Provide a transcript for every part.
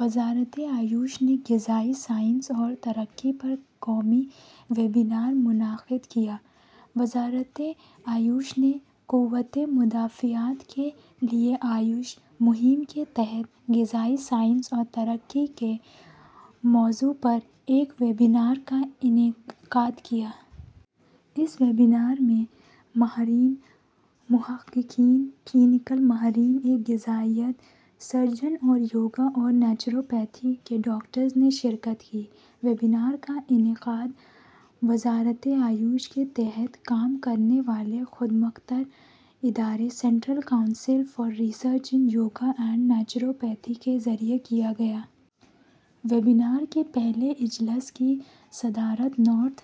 وزارت آیوش وزارت آیوش نے غذائی سائنس اور پیش رفت پر قومی ویبنار منعقد کیا وزارت آیوش نے '' قوت مدافعت کے لئے آیوش'' مہم کے تحت غذائی سائنس اور پیش رفت کے موضوع پر ایک ویبنار کا انعقاد کیا۔ اس ویبنار میں ماہرین، محققین کلینکل ماہرین تغذیہ، سرجن اور یوگا اورنیچروپیتھی کے ڈاکٹروں نے شرکت کی۔ ویبنار کا انعقاد وزارت آیوش کے ماتحت کام کرنے والے خود مختار ادارہ central council for research in yoga and naturopathy کے ذریعہ کیاگیا۔ ویبنار کے پہلے اجلاس کی صدارت North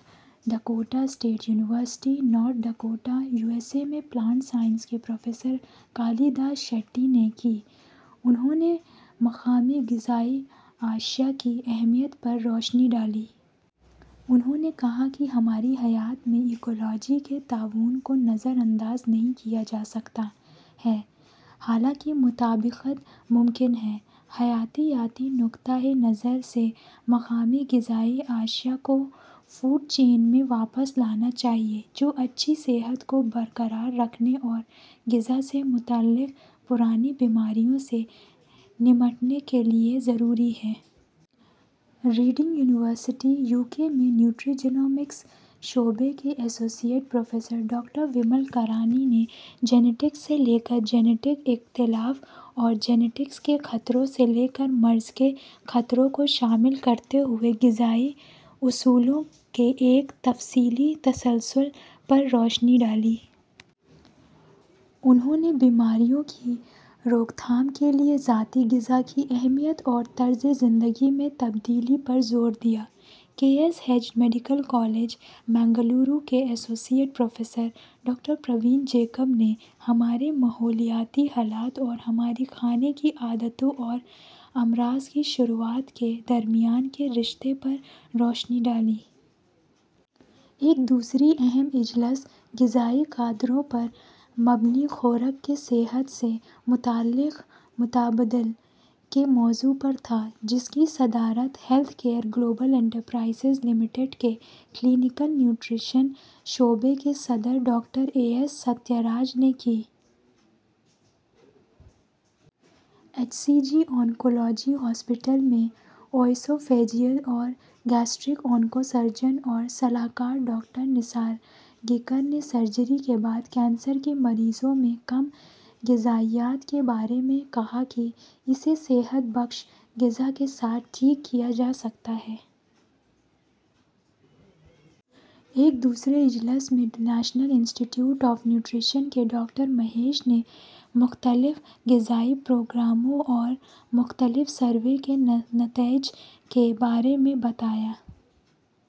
Dakota state university, North Dakota, U S A میں پلانٹ سائنس کے پروفیسر کالی داس شیٹی نے کی۔ انہوں نے مقامی غذائی اشیاء کی اہمیت پر روشنی ڈالی۔ انہوں نے کہا کہ ہماری حیات میں ایکو لوجی کے تعاون کو نظر انداز نہیں کیا جاسکتا ہے ، حالانکہ مطابقت ممکن ہے۔ حیاتیاتی نقطہ نظر سے مقامی غذائی اشیاء کو فوڈ چین میں واپس لانا چاہئے جو اچھی صحت کو برقرار رکھنے اور خوراک سے متعلق پرانی بیماریوں سے نمٹنے کے لئے ضروری ہے۔ ریڈنگ یونیورسٹی، یو کے میں نیوٹری جینومکس شعبہ کے associate professor doctor Vimal Karani نےجینٹکس سے لے کر جیٹنک اختلاف اور جیٹنکس کے خطرات سے لے کر مرض کے خطرات کو شامل کرتے ہوئے غذائی اصولوں کے ایک تفصیلی تسلسل پر روشنی ڈالی۔ انہوں نے بیماریوں کی روک تھام کے لئے ذاتی خوراک کی اہمیت اور طرز زندگی میں تبدیلی پر زور دیا۔ K S Hegde Medical College, Nitte کے associate professor doctor Praveen Jacob نے ہمارے ماحولیاتی حالات اور ہمارے کھانے کی عادتوں اور امراض کی شروعات کے درمیان کے رشتے پر روشنی ڈالی۔ ایک دوسرا اہم اجلاس'' تغذئی قدروں پر مبنی خوراک کے صحت سے متعلق متبادل '' موضوع پر تھا جس کی صدارت health care global enterprises limited کے کلینکل یوٹریشن شعبہ کے صدر ڈاکٹر ایسترے ستھی راج نے کی۔ H C G oncology hospital میں oesophageal and gastric onco surgeon اور صلاح کار ڈاکٹر نیسارگیکر نے سرجی کے بعد کینسر کے مریضوں میں کم غذائیت کے بارے میں کہا کہ اسے صحت بخش غذا کے ساتھ ٹھیک کیا جاسکتا ہے۔ ایک دوسرے اجلاس میں National Institute of Nutrition کے ڈاکٹر مہیش نے مختلف غذائی پروگراموں اور مختلف سروے کے نتائج کے بارے میں بتایا۔